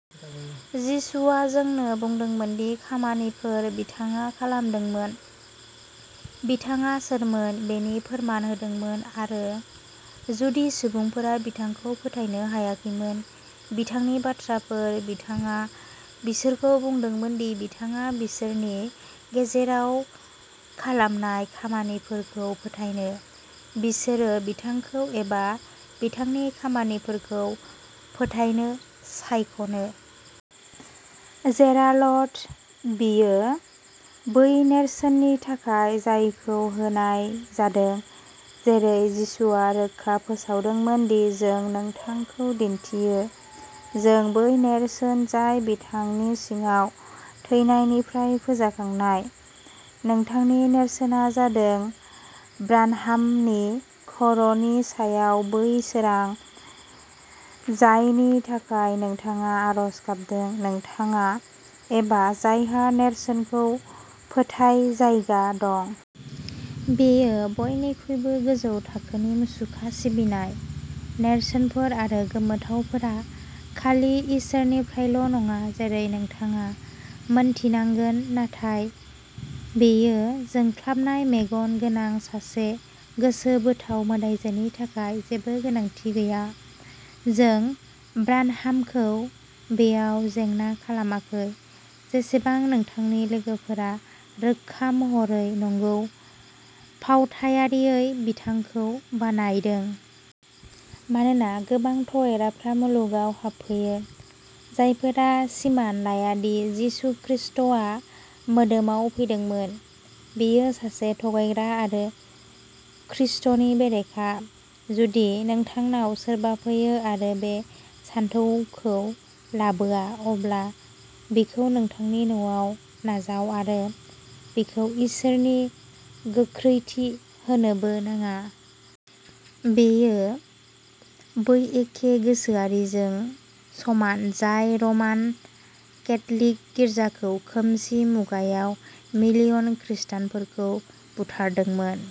जिसुआ जोंनो बुंदोंमोन दि "खामानिफोर" बिथाङा खालामदोंमोन। बिथाङा सोरमोन बिनि फोरमान होदोंमोन आरो जुदि सुबुंफोरा बिथांखौ फोथायनो हायाखैमोन-बिथांनि बाथ्राफोर, बिथाङा बिसोरखौ बुंदोंमोन दि बिथाङा बिसोरनि गेजेराव खालामनाय "खामानिफोर" खौ फोथायनो। बिसोरो बिथांखौ एबा बिथांनि खामानिफोरखौ फोथायनो सायख'नो। जेराल्ड, बेयो बै नेरसोननि थाखाय, जायखौ होनाय जादों, जेरै जिसुआ रोखायै फोसावदोंमोन, दि जों नोंथांखौ दिन्थियो। जों बै नेरसोन, जाय बिथांनि सिङाव थैनायनिफ्राय फोजाखानाय। नोंथांनि नेरसोनआ जादों ब्रानहामनि खर'नि सायाव बै सोरां, जायनि थाखाय नोंथाङा आरज गाबदों, नोंथाङा एबा जायहा "नेरसोनखौ फोथाय" जायगा दं। बेयो बयनिख्रुइबो गोजौ थाखोनि मुसुखा सिबिनाय। नेरसोनफोर आरो गोमोथावफोरा खालि इसोरनिफ्रायल'नङा, जेरै नोंथाङा मिन्थिनांगोन, नाथाय बेयो जोंख्लाबनाय मेगन गोनां सासे गोसोबोथाव मोदायजोनि थाखाय जेबो गोनांथि गैया। जों ब्रानहामखौ बेयाव जेंना खालामाखै, जेसेबां नोंथांनि लोगोफोरा रोखा महरै, नंगौ, फावथायारियै बिथांखौ बानायदों। "मानोना गोबां थगायग्राफोरा मुलुगाव हाबफैयो, जायफोरा सिमान लाया दि यीशु खृष्टआ मोदोमाव फैदोंमोन। बियो सासे थगायग्रा आरो ख्रीष्टनि बेरेखा। जुदि नोंथांनाव सोरबा फैयो, आरो बे सानथौखौ लाबोआ, अब्ला बिखौ नोंथांनि न'आव नाजाव, आरो बिखौ इसोरनि गोख्रैथि होनोबो नाङा"। बेयो बै एखे गोसोआरिजों समान जाय रमान केथ'लिक गिर्जाखौ खोमसि मुगायाव मिलियन खृष्टानफोरखौ बुथारदोंमोन।